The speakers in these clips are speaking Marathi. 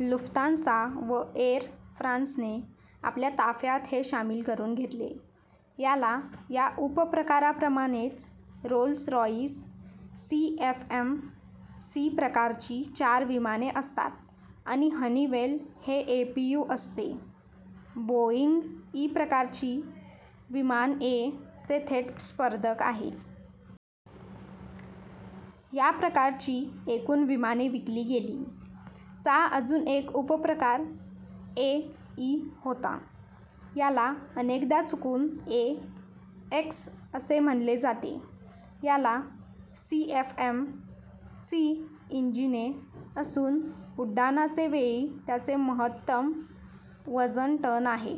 लुफ्तांसा व एर फ्रांसने आपल्या ताफ्यात हे शामिल करून घेतले. याला - या उपप्रकाराप्रमाणेच रोल्स रॉइस सीएफएम - सी प्रकारची चार विमाने असतात आणि हनिवेल - हे एपीयू असते. बोईंग - ईआर प्रकारचे विमान ए - चे थेट स्पर्धक आहे. या प्रकारची एकूण विमाने विकली गेली. - चा अजून एक उपप्रकार ए - ई होता. याला अनेकदा चुकून ए- - एक्स असे म्हणले जाते. याला सीएफएम - सी इंजिने असून उड्डाणाचे वेळी त्याचे महत्तम वजन टन आहे.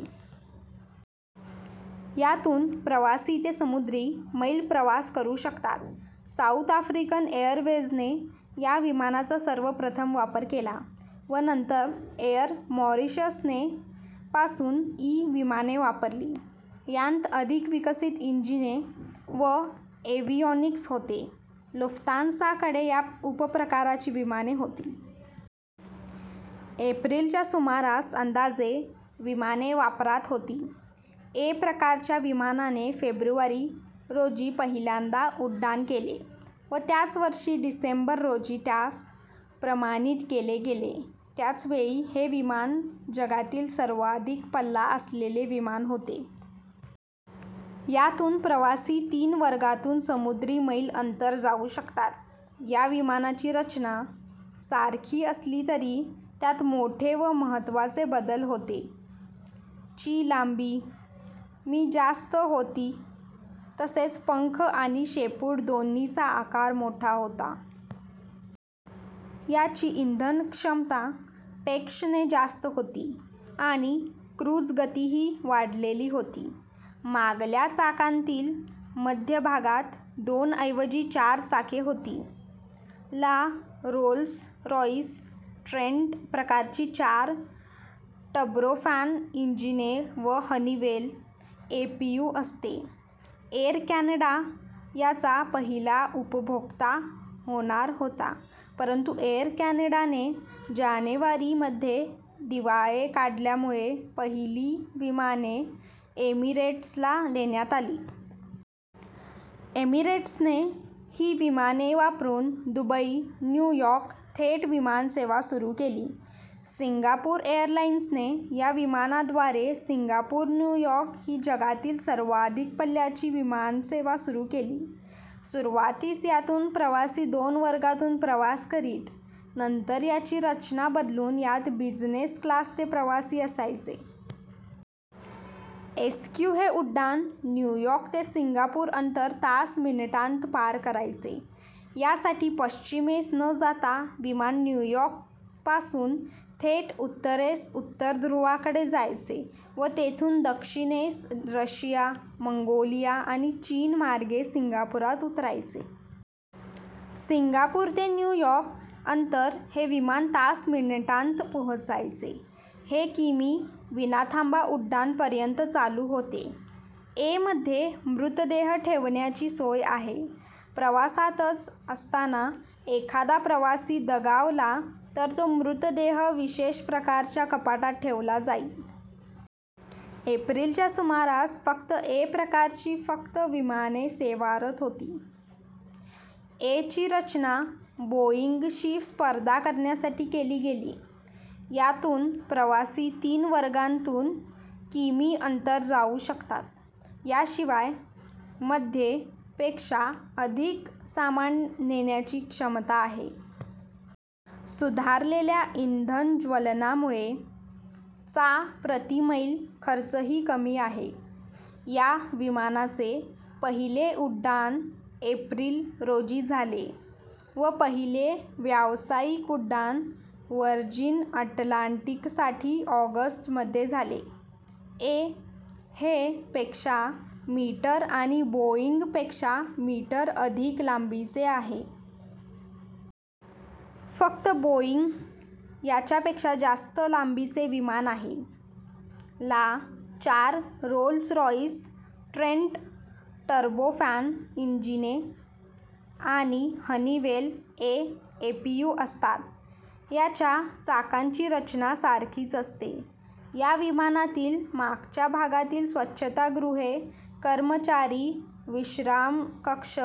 यातून प्रवासी ते समुद्री मैल प्रवास करू शकतात. साउथ आफ्रिकन एरवेझने या विमानाचा सर्वप्रथम वापर केला व नंतर एर मॉरिशसने पासून - ई विमाने वापरली. यांत अधिक विकसित इंजने व एव्हियॉनिक्स होते. लुफ्तांसाकडे या उपप्रकाराची विमाने होती. एप्रिल च्या सुमारास अंदाजे - विमाने वापरात होती. ए - प्रकारच्या विमानाने फेब्रुवारी, रोजी पहिल्यांदा उड्डाण केले व त्याच वर्षी डिसेंबर रोजी त्यास प्रमाणित केले गेले. त्यावेळी हे विमान जगातील सर्वाधिक पल्ला असलेले विमान होते. यातून प्रवासी तीन वर्गांतून समुद्री मैल अंतर जाऊ शकतात. या विमानाची रचना - सारखी असली तरी त्यात मोठे व महत्त्वाचे बदल होते. - ची लांबी. मी जास्त होती तसेच पंख आणि शेपूट दोन्हीचा आकार मोठा होता. याची इंधनक्षमता - पेक्ष ने जास्त होती आणि क्रुझगतीही वाढवलेली होती. मागल्या चाकांतील मध्यभागात दोनऐवजी चार चाके होती. - ला रोल्स रॉइस ट्रेंट प्रकारची चार टर्बोफॅन इंजिने व हनिवेल - एपीयू असते. एर कॅनडा याचा पहिला उपभोक्ता होणार होता परंतु एर कॅनडाने जानेवारी मध्ये दिवाळे काढल्यामुळे पहिली विमाने एमिरेट्सला देण्यात आली. एमिरेट्सने ही विमाने वापरून दुबई न्यू यॉर्क थेट विमानसेवा सुरू केली. सिंगापूर एरलाइन्सने या विमानाद्वारे सिंगापूर न्यूअर्क ही जगातील सर्वाधिक पल्ल्याची विमानसेवा सुरू केली. सुरुवातीस यातून प्रवासी दोन वर्गांतून प्रवास करीत. नंतर याची रचना बदलून यात बिझनेस क्लासचे प्रवासी असायचे. एसक्यू हे उड्डाण न्यूअर्क ते सिंगापूर अंतर तास मिनिटांत पार करायचे. यासाठी पश्चिमेस न जाता विमान न्यूअर्कपासून थेट उत्तरेस उत्तर ध्रुवाकडे जायचे व तेथून दक्षिणेस रशिया, मंगोलिया आणि चीन मार्गे सिंगापूरात उतरायचे. सिंगापूर ते न्यूअर्क अंतर हे विमान तास मिनिटांत पोचायचे. हे किमी विनाथांबा उड्डाण पर्यंत चालू होते. ए - मध्ये मृतदेह ठेवण्याची सोय आहे. प्रवासातच असताना एखादा प्रवासी दगावला तर तो मृतदेह विशेष प्रकारच्या कपाटात ठेवला जाईल. एप्रिल च्या सुमारास फक्त ए - प्रकारची फक्त विमाने सेवारत होती. ए - ची रचना बोईंग शी स्पर्धा करण्यासाठी केली गेली. यातून प्रवासी तीन वर्गांतून किमी अंतर जाऊ शकतात. याशिवाय - मध्ये पेक्षा अधिक सामान नेण्याची क्षमता आहे. सुधारलेल्या इंधनज्वलनामुळे - चा प्रतिमैल खर्चही कमी आहे. या विमानाचे पहिले उड्डाण एप्रिल, रोजी झाले व पहिले व्यावसायिक उड्डाण व्हर्जिन अटलांटिकसाठी ऑगस्ट मध्ये झाले. ए - हे - पेक्षा मीटर आणि बोईंग पेक्षा मीटर अधिक लांबीचे आहे. फक्त बोईंग - याच्यापेक्षा जास्त लांबीचे विमान आहे. - ला चार रोल्स रॉइस ट्रेंट टर्बोफॅन इजिने आणि हनिवेल - ए एपीयू असतात. याच्या चाकांची रचना - सारखीच असते. या विमानातील मागच्या भागातील स्वच्छतागृहे, कर्मचारी विश्रामकक्ष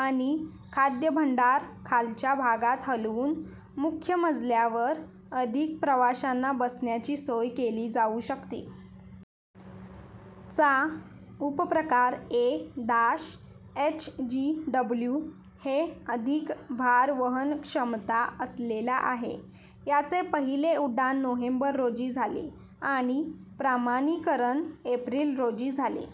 आणि खाद्यभांडार खालच्या भागात हलवून मुख्य मजल्यावर अधिक प्रवाशांना बसण्याची सोय केली जाऊ शकते. - चा उपप्रकार ए - एचजीडब्ल्यू हे अधिक भारवहन क्षमता असलेला आहे. याचे पहिले उड्डाण नोव्हेंबर, रोजी झाले आणि प्रमाणीकरण एप्रिल, रोजी झाले.